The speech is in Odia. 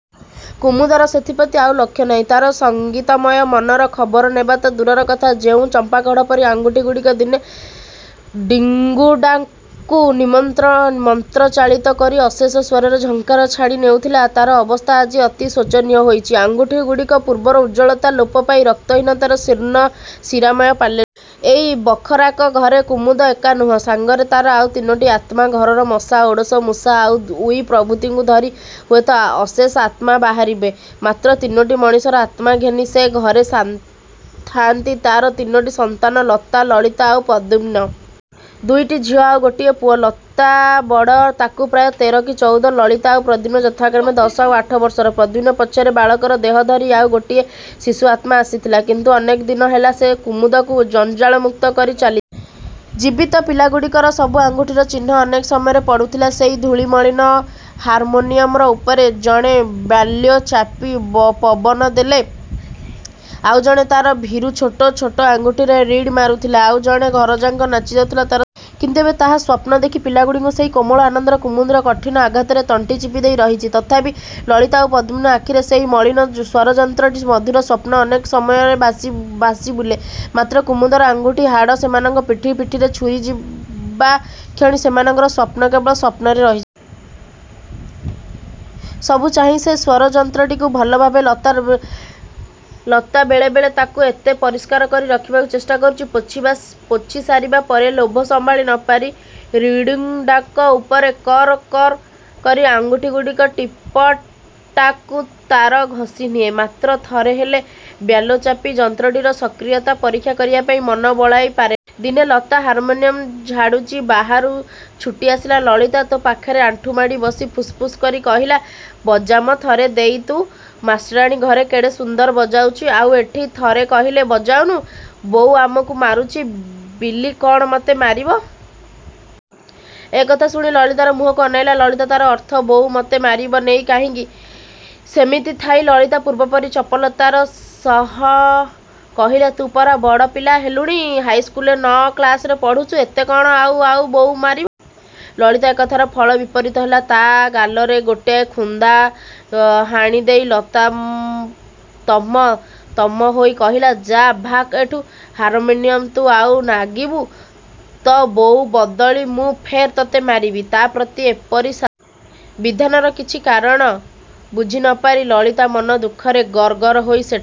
କୁମୁଦର ସେଥିପ୍ରତି ଆଉ ଲକ୍ଷ୍ୟ ନାହିଁ। ତାର ସଙ୍ଗୀତମୟ ମନର ଖବର ନେବା ତ ଦୂରର କଥା, ଯେଉଁ ଚମ୍ପାକଢ଼ ପରି ଆଙ୍ଗୁଠିଗୁଡ଼ିକ ଦିନେ ସେଇ ରିଡ଼୍ଗୁଡ଼ାକୁ ମନ୍ତ୍ରଚାଳିତ କରି ଅଶେଷ ସ୍ଵର-ଝଙ୍କାର ଛାଣି ନେଉଥିଲା, ତାର ଅବସ୍ଥା ଆଜି ଅତି ଶୋଚନୀୟ ହୋଇଚି। ଆଙ୍ଗୁଠିଗୁଡ଼ିକର ପୂର୍ବର ଉଜ୍ଜ୍ଵଳତା ଲୋପ ପାଇ ରକ୍ତହୀନତାରେ ଶୀର୍ଣ୍ଣ ଶିରାମୟ ପାଲଟିଛି। ଏଇ ବାଖରାକ ଘରେ କୁମୁଦ ଏକା ନୁହେଁ; ସାଙ୍ଗରେ ତାର ଆଉ ତିନୋଟି ଆତ୍ମା। ଘରର ମଶା, ଓଡ଼ଶ, ମୂଷା ଆଉ ଉଇ ପ୍ରଭୃତିଙ୍କୁ ଧରିଲେ ହୁଏ ତ ଅଶେଷ ଆତ୍ମା ବାହାରିବେ। ମାତ୍ର ତିନୋଟି ମଣିଷର ଆତ୍ମା ଘେନି ସେ ଘରେ ଥାନ୍ତି ତାର ତିନୋଟି ସନ୍ତାନ–ଲତା, ଲଳିତା ଆଉ ପ୍ରଦ୍ୟୁମ୍ନ। ଦୁଇଟି ଝିଅ ଆଉ ଗୋଟିଏ ପୁଅ। ଲତା ବଡ଼, ତାକୁ ପ୍ରାୟ ତେର କି ଚୌଦ। ଲଳିତା ଆଉ ପ୍ରଦ୍ୟୁମ୍ନ ଯଥାକ୍ରମେ ଦଶ ଆଉ ଆଠ ବର୍ଷର। ପ୍ରଦ୍ୟୁମ୍ନ ପଛରେ ବାଳକର ଦେହ ଧରି ଆଉ ଗୋଟିଏ ଶିଶୁଆତ୍ମା ଆସିଥିଲା; କିନ୍ତୁ ଅନେକ ଦିନ ହେଲା ସେ କୁମୁଦକୁ ଜଞ୍ଜାଳମୁକ୍ତ କରି ଚାଲିଯାଇଚି। ଜୀବିତ ପିଲାଗୁଡ଼ାଙ୍କର ସରୁ ଆଙ୍ଗୁଠିର ଚିହ୍ନ ଅନେକ ସମୟରେ ପଡ଼ୁଥିଲା ସେଇ ଧୂଳିମଳିନ ହାରମୋନିୟମ ଉପରେ। ଜଣେ ବ୍ୟାଲୋ ଚାପି ପବନ ଦେଲେ ଆଉ ଜଣେ ତାର ଭୀରୁ ଛୋଟ ଛୋଟ ଆଙ୍ଗୁଠିରେ ରିଡ଼୍ ମାଡ଼ୁଥିଲା। ଆଉ ଜଣେ ଘରଯାକ ନାଚିଯାଉଥିଲା ତାର ସ୍ଵର ଶୁଣି। କିନ୍ତୁ ଏବେ ତାହା ମଧ୍ୟ ସ୍ଵପ୍ନ। ପିଲାଗୁଡ଼ାଙ୍କର ସେଇ କୋମଳ ଆନନ୍ଦ କୁମୁଦର କଠିନ ଆଘାତରେ ତଣ୍ଟି ଚିପିହେଇ ରହିଚି। ତଥାପି ଲଳିତା ଆଉ ପ୍ରଦ୍ୟୁମ୍ନ ଆଖିରେ ସେଇ ମଳିନ ସ୍ୱରଯନ୍ତ୍ରଟିର ମଧୁର ସ୍ଵପ୍ନ ଅନେକ ସମୟରେ ଭାସି ଭାସିବୁଲେ। ମାତ୍ର କୁମୁଦର ଆଙ୍ଗୁଠି ହାଡ଼ ସେମାନଙ୍କ ପିଠିରେ ପିଠିରେ ଛୁଇଁଯିବାକ୍ଷଣି ସେମାନଙ୍କର ସ୍ଵପ୍ନ କେବଳ ସ୍ୱପ୍ନରେ ହିଁ ରହିଯାଏ। ସବୁଚାହିଁ ସେଇ ସ୍ଵରଯନ୍ତ୍ରଟିକି ଭଲପାଏ ଲତା। ବେଳେବେଳେ ସେ ତାକୁ ଏବେ ପରିଷ୍କାର କରି ରଖିବାର ଚେଷ୍ଟାକରୁଚି। ପୋଛିସାରିବା ପରେ ଲୋଭ ସମ୍ଭାଳି ନ ପାରି ରିଡ଼୍ଗୁଡ଼ାକ ଉପରେ କର୍ର କରି ଆଙ୍ଗୁଠିର ଟିପଟାକୁ ତାର ଘଷିନିଏ। ମାତ୍ର ଥରେ ହେଲେ ବ୍ୟାଲୋ ଚାପି ଯନ୍ତ୍ରଟିର ସକ୍ରିୟତା ପରୀକ୍ଷା କରିବା ପାଇଁ ମନ ବଳାଇ ପାରେ ନା। ଦିନେ ଲତା ହାରମୋନିୟମ ଝାଡ଼ୁଚି, ବାହାରୁ ଛୁଟିଆସି ଲଳିତା ତା ପାଖରେ ଆଣ୍ଠୁମାଡ଼ି ବସି ଫୁସ୍ ଫୁସ୍ କରି କହିଲା–ବଜା ମ ଥରେ ଦେଈ, ତୁ ମାଷ୍ଟ୍ରାଣୀ ଘରେ କେଡ଼େ ସୁନ୍ଦର ବାଜଉଚୁ... ଆଉ ଏଠି ଥରେ ହେଲେ ବଜଉନୁ! ବୋଉ ଆମକୁ ମାରୁଚି ବିଲି କଣ ତତେ ମାରିବ! ଏ କଥା ଶୁଣି ଲଳିତାର ମୁହଁକୁ ଅନେଇଲା ଲତା–ତାର ଅର୍ଥ ବୋଉ ମତେ ମାରିବ ନେଇ କାଇଁକି? ସେମିତି ଥାଇଁ ଲଳିତା ପୂର୍ବପରି ଚପଳତା ସହ କହିଲା ତୁ ପରା ବଡ଼ ପିଲା ହେଲୁଣୁ। ହାଇସ୍କୁଲରେ ନଅ କ୍ଲାସରେ ପଢ଼ୁଚୁ... ତତେ କଣ ଆଉ ବୋଉ ମାରିବ! ଲଳିତାର ଏ କଥାର ଫଳ ବିପରୀତ ହେଲା। ତା ଗାଲରେ ଗୋଟାଏ ଖୁନ୍ଦା ହାଣିଦେଇ ଲତା ତମ ତମ ହେଇ କହିଲା–ଯା, ଭାକ୍ ଏଠୁ। ହାରମାନିଆରେ ତୁ ଆଉ ନାଗିବୁ ତ ବୋଉ ବଦଳି ମୁଁ ଫେର୍ ତତେ ମାରିବି। ତା ପ୍ରତି ଏପରି ଶାସ୍ତି ବିଧାନର କିଛି କାରଣ ବୁଝି ନ ପାରି ଲଳିତା ମନ ଦୁଃଖରେ ଗର୍ ଗର୍ ହେଇ ସେଠାରୁ